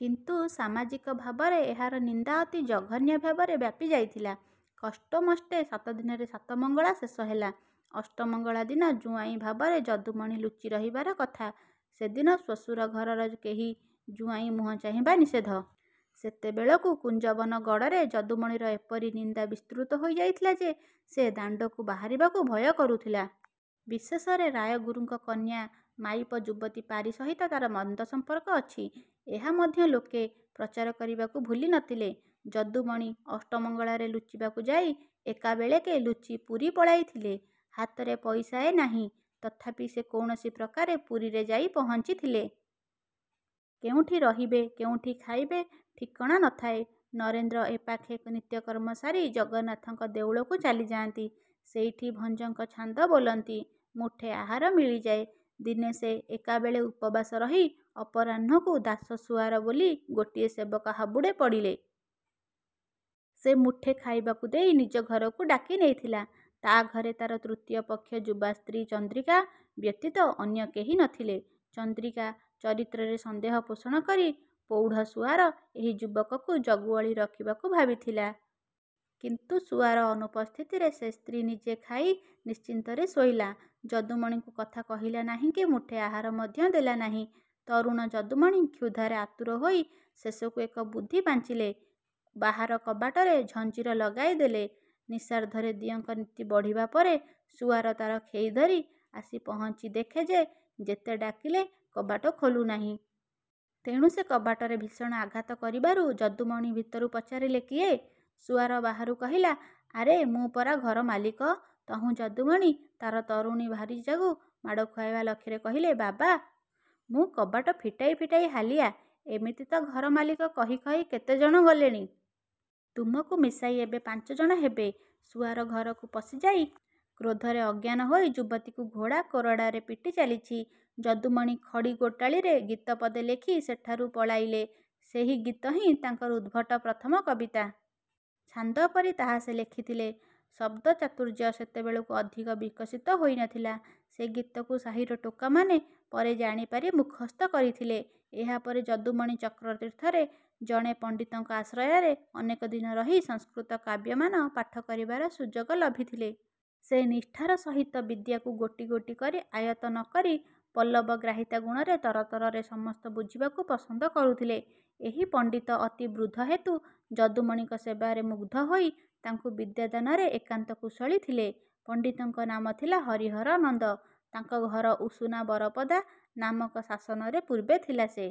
କିନ୍ତୁ ସମାଜିକ ଭାବରେ ଏହାର ନିନ୍ଦା ଅତି ଜଘନ୍ୟ ଭାବରେ ବ୍ୟାପି ଯାଇଥିଲା। କଷ୍ଟୋମଷ୍ଟେ ସାତଦିନରେ ସାତମଙ୍ଗଳା ଶେଷ ହେଲା। ଅଷ୍ଟମଙ୍ଗଳା ଦିନ ଜୁଆଇଁ ଭାବରେ ଯଦୁମଣି ଲୁଚି ରହିବାର କଥା। ସେଦିନ ଶ୍ୱଶୁର ଘରର କେହି ଜୁଆଇଁ ମୁହ ଚାହିଁବା ନିଷେଧ। ସେତେବେଳକୁ କୁଞ୍ଜବନ ଗଡ଼ରେ ଯଦୁମଣିର ଏପରି ନିନ୍ଦା ବିସ୍ତୃତ ହୋଇ ଯାଇଥିଲା ଯେ ସେ ଦାଣ୍ଡକୁ ବାହାରିବାକୁ ଭୟ କରୁଥିଲା। ବିଶେଷରେ ରାୟଗୁରୁଙ୍କ କନ୍ୟା-ମାଇପ ଯୁବତୀ ପାରି ସହିତ ତା'ର ମନ୍ଦ ସଂପର୍କ ଅଛି, ଏହା ମଧ୍ୟ ଲୋକେ ପ୍ରଚାର କରିବାକୁ ଭୁଲି ନ ଥିଲେ। ଯଦୁମଣି ଅଷ୍ଟମଙ୍ଗଳାରେ ଲୁଚିବାକୁ ଯାଇ ଏକାବେଳେକେ ଲୁଚି ପୁରୀ ପଳାଇଥିଲେ। ହାତରେ ପଇସାଏ ନାହିଁ। ତଥାପି ସେ କୌଣସି ପ୍ରକାରେ ପୁରୀରେ ଯାଇ ପହଞ୍ଚିଥିଲେ-। କେଉଁଠି ରହିବେ, କେଉଁଠି ଖାଇବେ, ଠିକଣା ନ ଥାଏ। ନରେନ୍ଦ୍ର ଏ ପାଖେ ନିତ୍ୟକର୍ମ ସାରି ଜଗନ୍ନାଥଙ୍କ ଦେଉଳକୁ ଚାଲିଯାଆନ୍ତି। ସେଇଠି ଭଞ୍ଜଙ୍କ ଛାନ୍ଦ ବୋଲନ୍ତି। ମୁଠେ ଆହାର ମିଳିଯାଏ-। ଦିନେ ସେ ଏକାବେଳେ ଉପବାସ ରହି ଅପରାହ୍ନକୁ ଦାସ ସୁଆର ବୋଲି ଗୋଟିଏ ସେବକ ହାବୁଡ଼େ ପଡ଼ିଲେ। ସେ ମୁଠେ ଖାଇବାକୁ ଦେଇ ନିଜ ଘରକୁ ଡାକି ନେଇଥିଲା-। ତା ଘରେ ତାର ତୃତୀୟ ପକ୍ଷ ଯୁବା ସ୍ତ୍ରୀ ଚନ୍ଦ୍ରିକା ବ୍ୟତୀତ ଅନ୍ୟ କେହି ନ ଥିଲେ। ଚନ୍ଦ୍ରିକା ଚରିତ୍ରରେ ସନ୍ଦେହ ପୋଷଣ କରି ପୌଢ଼ ସୁଆର ଏହି ଯୁବକକୁ ଜଗୁଆଳୀ ରଖିବାକୁ ଭାବିଥିଲା। କିନ୍ତୁ ସୁଆର ଅନୁପସ୍ଥିତିରେ ସେ ସ୍ତ୍ରୀ ନିଜେ ଖାଇ ନିଶ୍ଚିନ୍ତରେ ଶୋଇଲା। ଯଦୁମଣିଙ୍କୁ କଥା କହିଲା ନାହିଁକି ମୁଠେ ଆହାର ମଧ୍ୟ ଦେଲା ନାହିଁ। ତରୁଣ ଯଦୁମଣି କ୍ଷୁଧାରେ ଆତୁର ହୋଇ ଶେଷକୁ ଏକ ବୁଦ୍ଧି ପାଞ୍ଚିଲେ। ବାହାର କବାଟରେ ଝଞ୍ଜିର ଲଗାଇଦେଲେ। ନିଶାର୍ଦ୍ଧରେ ଦିଅଙ୍କ ନୀତି ବଢ଼ିବା ପରେ ସୁଆର ତାର ଖେଇଧରି ଆସି ପହଞ୍ଚି ଦେଖେ ଯେ ଯେତେ ଡାକିଲେ କବାଟ ଖୋଲୁ ନାହିଁ। ତେଣୁ ସେ କବାଟରେ ଭୀଷଣ ଆଘାତ କରିବାରୁ ଯଦୁମଣି ଭିତରୁ ପଚାରିଲେ-'କିଏ? ' ସୁଆର ବାହାରୁ କହିଲା-ଆରେ, ମୁଁ ପରା ଘର ମାଲିକ। ତହୁଁ ଯଦୁମଣି ତାର ତରୁଣୀ ଭାର୍ଯ୍ୟାକୁ ମାଡ଼ ଖୁଆଇବା ଲକ୍ଷ୍ୟରେ କହିଲେ-'ବାବା! ମୁଁ କବାଟ ଫିଟାଇ ଫିଟାଇ ହାଲିଆ। ଏମିତି ତ ଘର ମାଲିକ କହି କହି କେତେ ଜଣ ଗଲେଣି-। ତୁମକୁ ମିଶାଇ ଏବେ ପାଞ୍ଚ ଜଣ ହେବେ-। ' ସୁଆର ଘରକୁ ପଶିଯାଇ କ୍ରୋଧରେ ଅଜ୍ଞାନ ହୋଇ ଯୁବତୀକୁ ଘୋଡ଼ା କୋରଡ଼ାରେ ପିଟି ଚାଲିଛି। ଯଦୁମଣି ଖଡ଼ି ଗୋଟାଳିରେ ଗୀତ ପଦେ ଲେଖି ସେଠାରୁ ପଳାଇଲେ। ସେହି ଗୀତ ହିଁ ତାଙ୍କର ଉଦ୍ଭଟ ପ୍ରଥମ କବିତା। ଛାନ୍ଦପରି ତାହା ସେ ଲେଖିଥିଲେ। ଶବ୍ଦଚାତୁର୍ଯ୍ୟ ସେତେବେଳକୁ ଅଧିକ ବିକଶିତ ହୋଇ ନ ଥିଲା। ସେ ଗୀତକୁ ସାହିର ଟୋକାମାନେ ପରେ ଜାଣିପାରି ମୁଖସ୍ଥ କରିଥିଲେ। ଏହାପରେ ଯଦୁମଣି ଚକ୍ରତୀର୍ଥରେ ଜଣେ ପଣ୍ଡିତଙ୍କ ଆଶ୍ରୟରେ ଅନେକ ଦିନ ରହି ସଂସ୍କୃତ କାବ୍ୟମାନ ପାଠ କରିବାର ସୁଯୋଗ ଲଭିଥିଲେ। ସେ ନିଷ୍ଠାର ସହିତ ବିଦ୍ୟାକୁ ଗୋଟି ଗୋଟି କରି ଆୟତ୍ତ ନ କରି ପଲ୍ଲବଗ୍ରାହିତା ଗୁଣରେ ତରତରରେ ସମସ୍ତ ବୁଝିବାକୁ ପସନ୍ଦ କରୁଥିଲେ। ଏହି ପଣ୍ଡିତ ଅତି ବୃଦ୍ଧ ହେତୁ ଯଦୁମଣିଙ୍କ ସେବାରେ ମୁଗ୍ଧ ହୋଇ ତାଙ୍କୁ ବିଦ୍ୟାଦାନରେ ଏକାନ୍ତ କୁଶଳୀ ଥିଲେ। ପଣ୍ତିତଙ୍କ ନାମ ଥିଲା ହରିହର ନନ୍ଦ। ତାଙ୍କ ଘର ଉଷୁନା ବରପଦା ନାମକ ଶାସନରେ ପୁର୍ବେ ଥିଲା। ସେ